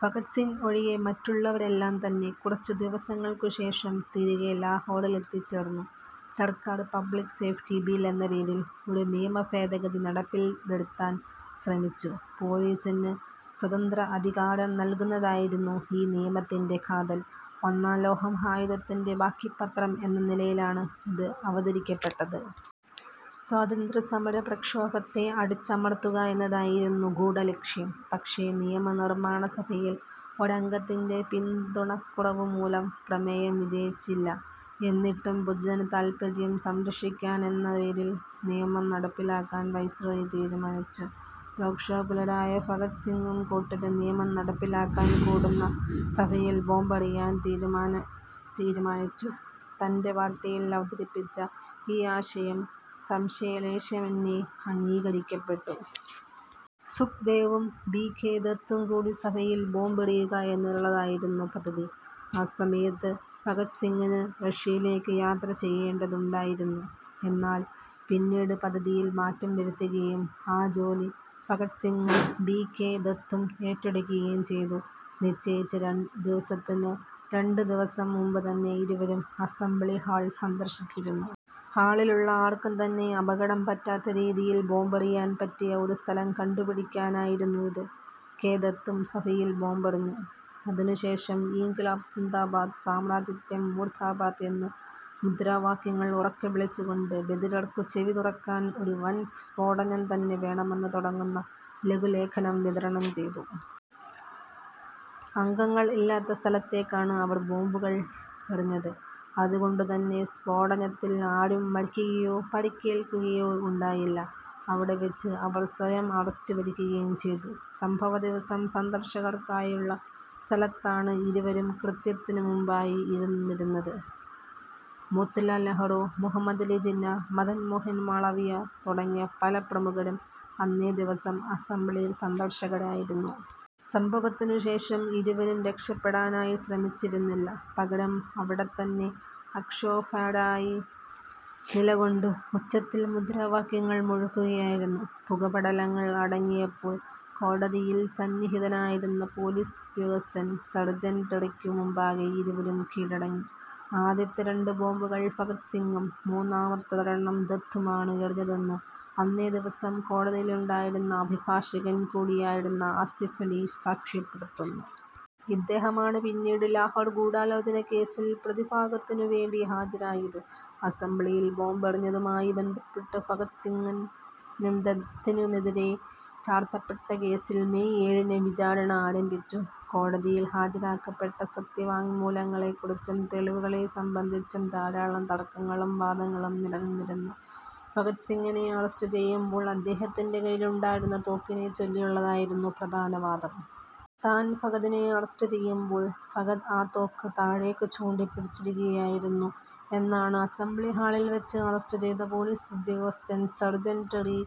ഭഗത് സിംഗ് ഒഴികെ മറ്റുള്ളവരെല്ലാം തന്നെ കുറച്ചു ദിവസങ്ങൾക്കുശേഷം തിരികെ ലാഹോറിലെത്തിച്ചേർന്നു. സർക്കാർ പബ്ലിക് സേഫ്റ്റി ബിൽ എന്ന പേരിൽ ഒരു നിയമഭേദഗതി നടപ്പിൽ വരുത്താൻ ശ്രമിച്ചു. പോലീസിന് സ്വതന്ത്ര അധികാരം നൽകുന്നതായിരുന്നു ഈ നിയമത്തിൻ്റെ കാതൽ. ഒന്നാം ലോക മഹായുദ്ധത്തിൻ്റെ ബാക്കിപത്രം എന്ന നിലയിലാണ് ഇത് അവതരിപ്പിക്കപ്പെട്ടത്. സ്വാതന്ത്ര്യസമരപ്രക്ഷോഭത്തെ അടിച്ചമർത്തുക എന്നതായിരുന്നു ഗൂഢലക്ഷ്യം. പക്ഷേ നിയമനിർമ്മാണ സഭയിൽ ഒരംഗത്തിൻ്റെ പിന്തുണക്കുറവു മൂലം പ്രമേയം വിജയിച്ചില്ല. എന്നിട്ടും പൊതുജനതാല്പര്യം സംരക്ഷിക്കാനെന്ന പേരിൽ നിയമം നടപ്പിലാക്കാൻ വൈസ്രോയി തീരുമാനിച്ചു. രോഷാകുലരായ ഭഗത് സിംഗും കൂട്ടരും നിയമം നടപ്പിലാക്കാൻ കൂടുന്ന സഭയിൽ ബോംബെറിയാൻ തീരുമാനിച്ചു. തൻ്റെ പാർട്ടിയിൽ അവതരിപ്പിച്ച ഈ ആശയം സംശയലേശമെന്യേ അംഗീകരിക്കപ്പെട്ടു. സുഖ്ദേവും, ബി. കെ. ദത്തും കൂടി സഭയിൽ ബോംബെറിയുക എന്നുള്ളതായിരുന്നു പദ്ധതി, ആ സമയത്ത് ഭഗത് സിംഗിന് റഷ്യയിലേക്ക് യാത്രചെയ്യേണ്ടതുണ്ടായിരുന്നു. എന്നാൽ പിന്നീട് പദ്ധതിയിൽ മാറ്റം വരുത്തുകയും ആ ജോലി ഭഗത് സിംഗും ബി. കെ. ദത്തും ഏറ്റെടുക്കുകയും ചെയ്തു. നിശ്ചയിച്ച ദിവസത്തിനു രണ്ട് ദിവസം മുമ്പ് തന്നെ ഇരുവരും അസംബ്ലി ഹാൾ സന്ദർശിച്ചിരുന്നു. ഹാളിലുള്ള ആർക്കും തന്നെ അപകടം പറ്റാത്ത രീതിയിൽ ബോംബെറിയാൻ പറ്റിയ ഒരു സ്ഥലം കണ്ടു പിടിക്കാനായിരുന്നു ഇത്. കെ ദത്തും സഭയിൽ ബോംബെറിഞ്ഞു, അതിനുശേഷം ഇൻക്വിലാബ് സിന്ദാബാദ്, സാമ്രാജ്യത്വം മൂർദ്ദാബാദ് എന്നീ മുദ്രാവാക്യങ്ങൾ ഉറക്കെ വിളിച്ചുകൊണ്ട് ബധിരർക്കു ചെവി തുറക്കാൻ ഒരു വൻ സ്ഫോടനം തന്നെ വേണമെന്ന് തുടങ്ങുന്ന ലഘുലേഖനം വിതരണം ചെയ്തു. അംഗങ്ങൾ ഇല്ലാത്ത സ്ഥലത്തേക്കാണ് അവർ ബോംബുകൾ എറിഞ്ഞത്, അതുകൊണ്ടു തന്നെ സ്ഫോടനത്തിൽ ആരും മരിക്കുകയോ പരിക്കേൽക്കുകയോ ഉണ്ടായില്ല. അവിടെ വച്ച് അവർ സ്വയം അറസ്റ്റ് വരിക്കുകയും ചെയ്തു. സംഭവദിവസം സന്ദർശകർക്കായുള്ള സ്ഥലത്താണ് ഇരുവരും കൃത്യത്തിനുമുമ്പായി ഇരുന്നിരുന്നത്. മോത്തിലാൽ നെഹ്റു, മുഹമ്മദലി ജിന്ന, മദൻ മോഹൻ മാളവ്യ തുടങ്ങിയ പല പ്രമുഖരും അന്നേ ദിവസം അസംബ്ലിയിൽ സന്ദർശകരായിരുന്നു. സംഭവത്തിനുശേഷം ഇരുവരും രക്ഷപ്പെടാനായി ശ്രമിച്ചിരുന്നില്ല. പകരം അവിടത്തന്നെ അക്ഷോഭ്യരായി നിലകൊണ്ട് ഉച്ചത്തിൽ മുദ്രാവാക്യങ്ങൾ മുഴക്കുകയായിരുന്നു. പുകപടലങ്ങൾ അടങ്ങിയപ്പോൾ കോടതിയിൽ സന്നിഹിതനായിരുന്ന പോലീസ് ഉദ്യോഗസ്ഥൻ സെർജൻ്റ് ടെറിക്കു മുമ്പാകെ ഇരുവരും കീഴടങ്ങി. ആദ്യത്തെ രണ്ടു ബോംബുകൾ ഭഗത് സിംഗും, മൂന്നാമതൊരെണ്ണം ദത്തും ആണ് എറിഞ്ഞതെന്ന് അന്നേ ദിവസം കോടതിയിലുണ്ടായിരുന്ന അഭിഭാഷകൻ കൂടിയായിരുന്ന അസിഫ് അലി സാക്ഷ്യപ്പെടുത്തുന്നു. ഇദ്ദേഹമാണ് പിന്നീട് ലാഹോർ ഗൂഢാലോചന കേസിൽ പ്രതിഭാഗത്തിനു വേണ്ടി ഹാജരായത്. അസംബ്ലിയിൽ ബോംബെറിഞ്ഞതുമായി ബന്ധപ്പെട്ട് ഭഗത് സിംഗിനും, ദത്തയ്ക്കുമെതിരേ ചാർത്തപ്പെട്ട കേസിൽ മെയ് ഏഴിന് വിചാരണ ആരംഭിച്ചു. കോടതിയിൽ ഹാജരാക്കപ്പെട്ട സത്യവാങ്മൂലങ്ങളെക്കുറിച്ചും തെളിവുകളെ സംബന്ധിച്ചും ധാരാളം തർക്കങ്ങളും വാദങ്ങളും നിലനിന്നിരുന്നു. ഭഗത് സിംഗിനെ അറസ്റ്റ് ചെയ്യുമ്പോൾ അദ്ദേഹത്തിൻ്റെ കയ്യിലുണ്ടായിരുന്ന തോക്കിനെച്ചൊല്ലിയുള്ളതായിരുന്നു പ്രധാന വിവാദം. താൻ ഭഗതിനെ അറസ്റ്റു ചെയ്യുമ്പോൾ ഭഗത് ആ തോക്ക് താഴേക്കു ചൂണ്ടി പിടിച്ചിരിക്കുകയായിരുന്നു എന്നാണ് അസംബ്ലി ഹാളിൽ വെച്ച് അറസ്റ്റു ചെയ്ത പോലീസ് ഉദ്യോഗസ്ഥൻ സെർജൻ്റ് ടെറി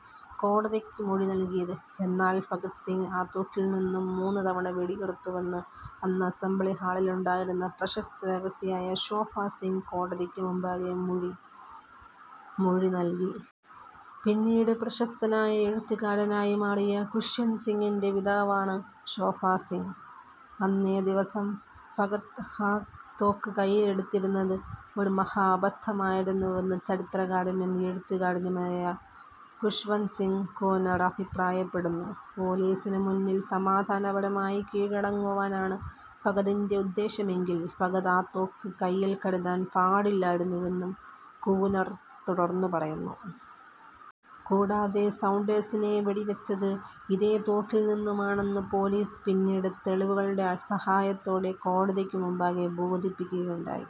കോടതിക്കു മൊഴി നൽകിയത്. എന്നാൽ ഭഗത് സിംഗ് ആ തോക്കിൽ നിന്നും മൂന്നു തവണ വെടിയുതിർത്തുവെന്ന് അന്ന് അസംബ്ലിഹാളിലുണ്ടായിരുന്ന പ്രശസ്ത വ്യവസായിയായ ശോഭാ സിംഗ് കോടതിക്കു മുമ്പാകെ മൊഴി നൽകി. പിന്നീട് പ്രശസ്തനായ എഴുത്തുകാരനായി മാറിയ ഖുശ്വന്ത് സിംഗിൻ്റെ പിതാവാണ് ശോഭാ സിംഗ്. അന്നേ ദിവസം ഭഗത് ആ തോക്ക് കയ്യിലെടുത്തിരുന്നത് ഒരു മഹാ അബദ്ധമായിരുന്നുവെന്ന് ചരിത്രകാരനും, എഴുത്തുകാരനുമായ ഖുശ് വന്ത് സിംഗ് കൂനർ അഭിപ്രായപ്പെടുന്നു. പോലീസിനു മുന്നിൽ സമാധാനപരമായി കീഴടങ്ങുവാനാണ് ഭഗതിൻ്റെ ഉദ്ദേശ്യമെങ്കിൽ ഭഗത് ആ തോക്ക് കൈയ്യിൽ കരുതാൻ പാടില്ലായിരുന്നുവെന്നും കൂനർ തുടർന്നു പറയുന്നു. കൂടാതെ സൗണ്ടേഴ്സിനെ വെടിവെച്ചത് ഇതേ തോക്കിൽ നിന്നുമാണെന്ന് പോലീസ് പിന്നീട് തെളിവുകളുടെ സഹായത്തോടെ കോടതിക്കുമുമ്പാകെ ബോധിപ്പിക്കുകയുണ്ടായി.